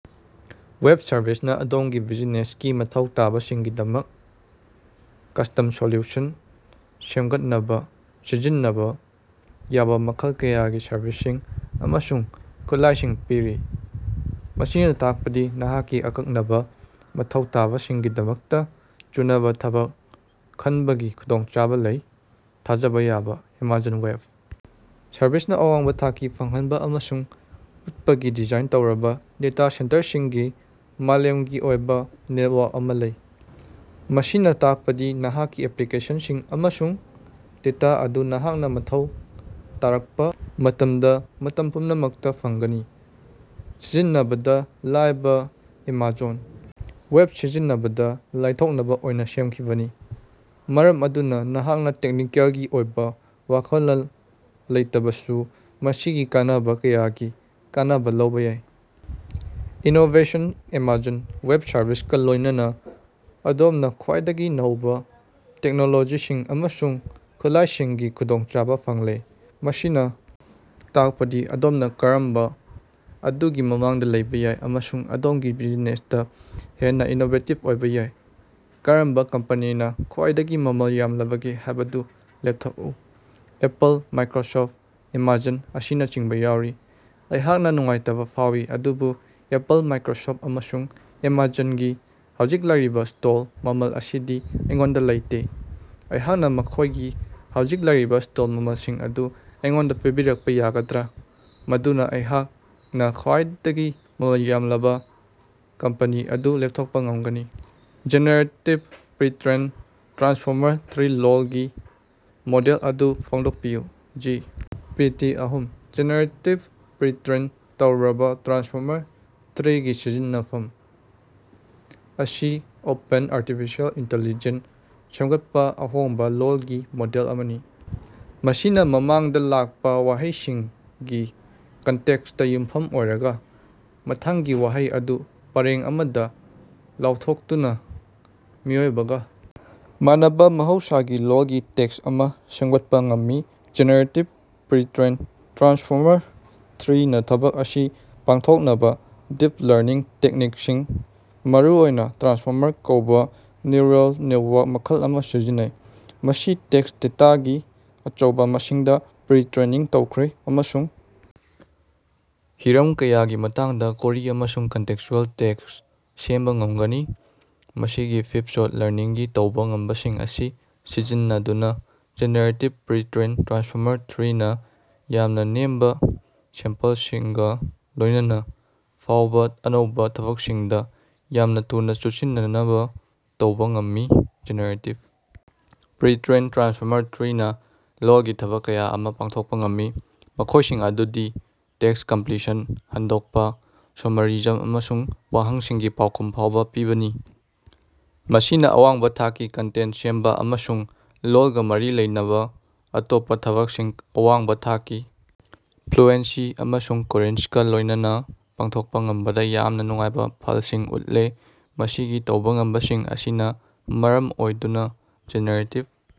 Web service ꯅ ꯑꯗꯣꯝꯒꯤ ꯕꯤꯖꯤꯅꯦꯁꯀꯤ ꯃꯊꯧ ꯇꯥꯕꯁꯤꯡꯒꯤꯗꯃꯛ ꯀꯁꯇꯝ ꯁꯣꯂꯨꯁꯟꯁꯤꯡ ꯁꯦꯝꯒꯠꯅꯕ ꯁꯤꯖꯤꯟꯅꯕ ꯌꯥꯕ ꯃꯈꯜ ꯀꯌꯥꯒꯤ ꯁꯔꯕꯤꯁꯁꯤꯡ ꯑꯃꯁꯨꯡ ꯈꯨꯠꯂꯥꯏꯁꯤꯡ ꯄꯤꯔꯤ꯫ ꯃꯁꯤꯅ ꯇꯥꯛꯄꯗꯤ ꯅꯍꯥꯛꯀꯤ ꯑꯀꯛꯅꯕ ꯃꯊꯧ ꯇꯥꯕꯁꯤꯡꯒꯤꯗꯃꯛꯇ ꯆꯨꯅꯕ ꯊꯕꯛ ꯈꯟꯕꯒꯤ ꯈꯨꯗꯣꯡꯆꯥꯕ ꯂꯩ꯫ ꯊꯥꯖꯕ ꯌꯥꯕ ꯑꯦꯃꯥꯖꯣꯟ ꯋꯦꯕ ꯁꯔꯚꯤꯁ ꯅ ꯑꯋꯥꯡꯕ ꯊꯥꯛꯀꯤ ꯐꯪꯍꯟꯕ ꯑꯃꯁꯨꯡ ꯎꯠꯄꯒꯤ ꯗꯤꯖꯥꯏꯟ ꯇꯧꯔꯕ ꯗꯦꯇꯥ ꯁꯦꯟꯇꯔꯁꯤꯡꯒꯤ ꯃꯥꯂꯦꯝꯒꯤ ꯑꯣꯏꯕ ꯅꯦꯠꯋꯥꯔꯛ ꯑꯃ ꯂꯩ꯫ ꯃꯁꯤꯅ ꯇꯥꯛꯄꯗꯤ ꯅꯍꯥꯛꯀꯤ ꯑꯦꯄ꯭ꯂꯤꯀꯦꯁꯟꯁꯤꯡ ꯑꯃꯁꯨꯡ ꯗꯦꯇꯥ ꯑꯗꯨ ꯅꯍꯥꯛꯅ ꯃꯊꯧ ꯇꯥꯔꯛꯄ ꯃꯇꯝꯗ ꯃꯇꯝ ꯄꯨꯝꯅꯃꯛꯇ ꯐꯪꯒꯅꯤ꯫ ꯁꯤꯖꯤꯟꯅꯕꯗ ꯂꯥꯏꯕ ꯑꯦꯃꯥꯖꯣꯟ ꯋꯦꯕ ꯁꯤꯖꯤꯟꯅꯕꯗ ꯂꯥꯏꯊꯣꯛꯅꯕ ꯑꯣꯏꯅ ꯁꯦꯝꯈꯤꯕꯅꯤ ꯃꯔꯝ ꯑꯗꯨꯅ ꯅꯍꯥꯛꯅ ꯇꯦꯛꯅꯤꯀꯦꯜꯒꯤ ꯑꯣꯏꯕ ꯋꯥꯈꯜꯂꯣꯟ ꯂꯩꯇꯕꯁꯨ ꯃꯁꯤꯒꯤ ꯀꯥꯟꯅꯕ ꯀꯌꯥꯒꯤ ꯀꯥꯟꯅꯕ ꯂꯧꯕ ꯌꯥꯏ꯫ ꯏꯅꯣꯕꯦꯁꯟ ꯑꯦꯃꯥꯖꯣꯟ ꯋꯦꯕ ꯁꯔꯕꯤꯁ ꯀ ꯂꯣꯏꯅꯅ ꯑꯗꯣꯝꯅ ꯈ꯭ꯋꯥꯏꯗꯒꯤ ꯅꯧꯕ ꯇꯦꯛꯅꯣꯂꯣꯖꯤꯁꯤꯡ ꯑꯃꯁꯨꯡ ꯈꯨꯠꯂꯥꯏꯁꯤꯡꯒꯤ ꯈꯨꯗꯣꯡꯆꯥꯕ ꯐꯪꯂꯦ, ꯃꯁꯤꯅ ꯇꯥꯛꯄꯗꯤ ꯑꯗꯣꯝꯅ ꯀꯔꯕ ꯑꯗꯨꯒꯤ ꯃꯃꯥꯡꯗ ꯂꯩꯕ ꯌꯥꯏ ꯑꯃꯁꯨꯡ ꯑꯗꯣꯝꯒꯤ ꯕꯤꯖꯤꯅꯦꯁꯇ ꯍꯦꯟꯅ ꯏꯅꯣꯕꯦꯇꯤꯕ ꯑꯣꯏꯕ ꯌꯥꯏ꯫ ꯀꯔꯝꯕ ꯀꯝꯄꯅꯤꯅꯥ ꯈ꯭ꯋꯥꯏꯗꯒꯤ ꯃꯃꯜ ꯌꯥꯝꯂꯕꯒꯦ ꯍꯥꯏꯕꯗꯨ ꯂꯦꯞꯊꯣꯛꯎ꯫ ꯑꯦꯄꯜ, ꯃꯥꯏꯀ꯭ꯔꯣꯁꯣꯐ, ꯑꯦꯃꯥꯖꯣꯟ ꯑꯁꯤꯅꯆꯤꯡꯕꯥ ꯌꯥꯑꯣꯔꯤ꯫ ꯑꯩꯍꯥꯛꯅꯥ ꯅꯨꯡꯉꯥꯏꯇꯕꯥ ꯐꯥꯑꯣꯏ, ꯑꯗꯨꯕꯨ ꯑꯦꯄꯜ, ꯃꯥꯏꯛꯔꯣꯁꯣꯐꯠ, ꯑꯃꯁꯨꯡ ꯑꯦꯃꯥꯖꯣꯟꯒꯤ ꯍꯧꯖꯤꯛ ꯂꯩꯔꯤꯕ ꯁ꯭ꯇꯣꯛ ꯃꯃꯜ ꯑꯁꯤꯗꯤ ꯑꯩꯉꯣꯟꯗ ꯂꯩꯇꯦ꯫ ꯑꯩꯍꯥꯛꯅ ꯃꯈꯣꯏꯒꯤ ꯍꯧꯖꯤꯛ ꯂꯩꯔꯤꯕ ꯁ꯭ꯇꯣꯛ ꯃꯃꯜꯁꯤꯡ ꯑꯗꯨ ꯑꯩꯉꯣꯟꯗ ꯄꯤꯕꯤꯔꯛꯄ ꯌꯥꯒꯗ꯭ꯔꯥ ꯃꯗꯨꯅ ꯑꯩꯍꯥꯛꯅ ꯈ꯭ꯋꯥꯏꯗꯒꯤ ꯃꯃꯜ ꯌꯥꯝꯂꯕ ꯀꯝꯄꯦꯅꯤ ꯑꯗꯨ ꯂꯦꯞꯊꯣꯛꯄ ꯉꯝꯒꯅꯤ꯫ ꯖꯦꯅꯦꯔꯦꯇꯤꯕ ꯄ꯭ꯔꯤꯇ꯭ꯔꯦꯏꯟ ꯇ꯭ꯔꯥꯟꯁꯐꯣꯔꯃꯔ-ꯊ꯭ꯔꯤ ꯂꯣꯜꯒꯤ ꯃꯣꯗꯦꯜ ꯑꯗꯨ ꯐꯣꯡꯗꯣꯛꯄꯤꯌꯨ꯫ G P. ꯇꯤ. ꯑꯍꯨꯝ ꯖꯦꯅꯦꯔꯦꯇꯤꯕ ꯄ꯭ꯔꯤꯠꯔꯦꯏꯟ ꯇꯧꯔꯕ ꯇ꯭ꯔꯥꯟꯁꯐꯣꯔꯃꯔ ꯊ꯭ꯔꯤꯒꯤ ꯁꯝꯖꯤꯟꯅꯐꯝ ꯑꯁꯤ ꯑꯣꯄꯦꯟ ꯑꯥꯔꯇꯤꯐꯤꯁꯦꯜ ꯏꯟꯇꯦꯂꯤꯖꯦꯟꯠ ꯁꯦꯝꯒꯠꯄ ꯑꯍꯣꯡꯕ ꯂꯣꯜꯒꯤ ꯃꯣꯗꯦꯜ ꯑꯃꯅꯤ꯫ ꯃꯁꯤꯅ ꯃꯃꯥꯡꯗ ꯂꯥꯛꯄ ꯋꯥꯍꯩꯁꯤꯡꯒꯤ ꯀꯟꯇꯦꯛꯁꯇ ꯌꯨꯝꯐꯝ ꯑꯣꯏꯔꯒ ꯃꯊꯪꯒꯤ ꯋꯥꯍꯩ ꯑꯗꯨ ꯄꯔꯦꯡ ꯑꯃꯗ ꯂꯥꯎꯊꯣꯛꯇꯨꯅ ꯃꯤꯑꯣꯏꯕꯒ ꯃꯥꯟꯅꯕ ꯃꯍꯧꯁꯥꯒꯤ ꯂꯣꯜꯒꯤ ꯇꯦꯛꯁ ꯑꯃ ꯁꯦꯟꯒꯠꯄ ꯉꯝꯃꯤ꯫ ꯖꯦꯅꯦꯔꯦꯇꯤꯕ ꯄ꯭ꯔꯤꯇ꯭ꯔꯦꯏꯟ ꯇ꯭ꯔꯥꯟꯁꯐꯣꯔꯃꯔ-ꯊ꯭ꯔꯤ ꯅ ꯊꯕꯛ ꯑꯁꯤ ꯄꯥꯡꯊꯣꯛꯅꯕ ꯗꯤꯞ ꯂꯔꯅꯤꯡ ꯇꯦꯛꯅꯤꯛꯁꯤꯡ ꯃꯔꯨꯑꯣꯏꯅ ꯇ꯭ꯔꯥꯟꯁꯐꯣꯔꯃꯔ ꯀꯧꯕ ꯅ꯭ꯌꯨꯔꯜ ꯅꯦꯇꯋꯥꯔꯛ ꯃꯈꯜ ꯑꯃ ꯁꯤꯖꯤꯟꯅꯩ꯫ ꯃꯁꯤ ꯇꯦꯛꯁ ꯗꯦꯇꯥꯒꯤ ꯑꯆꯧꯕ ꯃꯁꯤꯡꯗ ꯄ꯭ꯔꯤ-ꯇ꯭ꯔꯦꯅꯤꯡ ꯇꯧꯈ꯭ꯔꯦ ꯑꯃꯁꯨꯡ ꯍꯤꯔꯝ ꯀꯌꯥꯒꯤ ꯃꯇꯥꯡꯗ ꯀꯣꯔꯤ ꯑꯃꯁꯨꯡ ꯀꯟꯇꯦꯛꯁꯆꯨꯑꯦꯜ ꯇꯦꯛꯁ ꯁꯦꯝꯕ ꯉꯝꯒꯅꯤ꯫ ꯃꯁꯤꯒꯤ ꯐꯤꯚ-ꯁꯣꯠ ꯂꯔꯅꯤꯡꯒꯤ ꯇꯧꯕ ꯉꯝꯕꯁꯤꯡ ꯑꯁꯤ ꯁꯤꯖꯤꯟꯅꯗꯨꯅ ꯖꯦꯅꯦꯔꯦꯇꯤꯕ ꯄ꯭ꯔꯤꯇ꯭ꯔꯦꯏꯟ ꯇ꯭ꯔꯥꯟꯁꯐꯣꯔꯃꯔ-ꯊ꯭ꯔꯤ ꯅ ꯌꯥꯝꯅ ꯅꯦꯝꯕ ꯁꯦꯝꯄꯜꯁꯤꯡꯒ ꯂꯣꯏꯅꯅ ꯐꯥꯎꯕ ꯑꯅꯧꯕ ꯊꯕꯛꯁꯤꯡꯗ ꯌꯥꯝꯅ ꯊꯨꯅ ꯆꯨꯁꯤꯟꯅꯅꯕ ꯇꯧꯕ ꯉꯝꯃꯤ꯫ ꯖꯦꯅꯦꯔꯦꯇꯤꯕ ꯄ꯭ꯔꯤꯇ꯭ꯔꯦꯏꯟ ꯇ꯭ꯔꯥꯟꯁꯐꯣꯔꯃꯔ-ꯊ꯭ꯔꯤ ꯅ ꯂꯣꯜꯒꯤ ꯊꯕꯛ ꯀꯌꯥ ꯑꯃ ꯄꯥꯡꯊꯣꯛꯄ ꯉꯝꯃꯤ, ꯃꯈꯣꯏꯁꯤꯡ ꯑꯗꯨꯗꯤ ꯇꯦꯛꯁ ꯀꯝꯄ꯭ꯂꯤꯁꯟ, ꯍꯟꯗꯣꯛꯄ, ꯁꯣꯃꯔꯤꯖꯝ, ꯑꯃꯁꯨꯡ ꯋꯥꯍꯪꯁꯤꯡꯒꯤ ꯄꯥꯎꯈꯨꯝ ꯐꯥꯎꯕ ꯄꯤꯕꯅꯤ꯫ ꯃꯁꯤꯅ ꯑꯋꯥꯡꯕ ꯊꯥꯛꯀꯤ ꯀꯟꯇꯦꯟ ꯁꯦꯝꯕ ꯑꯃꯁꯨꯡ ꯂꯣꯜꯒ ꯃꯔꯤ ꯂꯩꯅꯕ ꯑꯇꯣꯞꯄ ꯊꯕꯛꯁꯤꯡ ꯑꯋꯥꯡꯕ ꯊꯥꯛꯀꯤ ꯐ꯭ꯂꯨꯑꯦꯟꯁꯤ ꯑꯃꯁꯨꯡ ꯀꯣꯔꯤꯟꯁꯀ ꯂꯣꯏꯅꯅ ꯄꯥꯡꯊꯣꯛꯄ ꯉꯝꯕꯗ ꯌꯥꯝꯅ ꯅꯨꯡꯉꯥꯏꯕ ꯐꯜꯁꯤꯡ ꯎꯠꯂꯦ꯫ ꯃꯁꯤꯒꯤ ꯇꯧꯕ ꯉꯝꯕꯁꯤꯡ ꯑꯁꯤꯅ ꯃꯔꯝ ꯑꯣꯏꯗꯨꯅ ꯖꯦꯅꯦꯔꯦꯇꯤꯕ꯫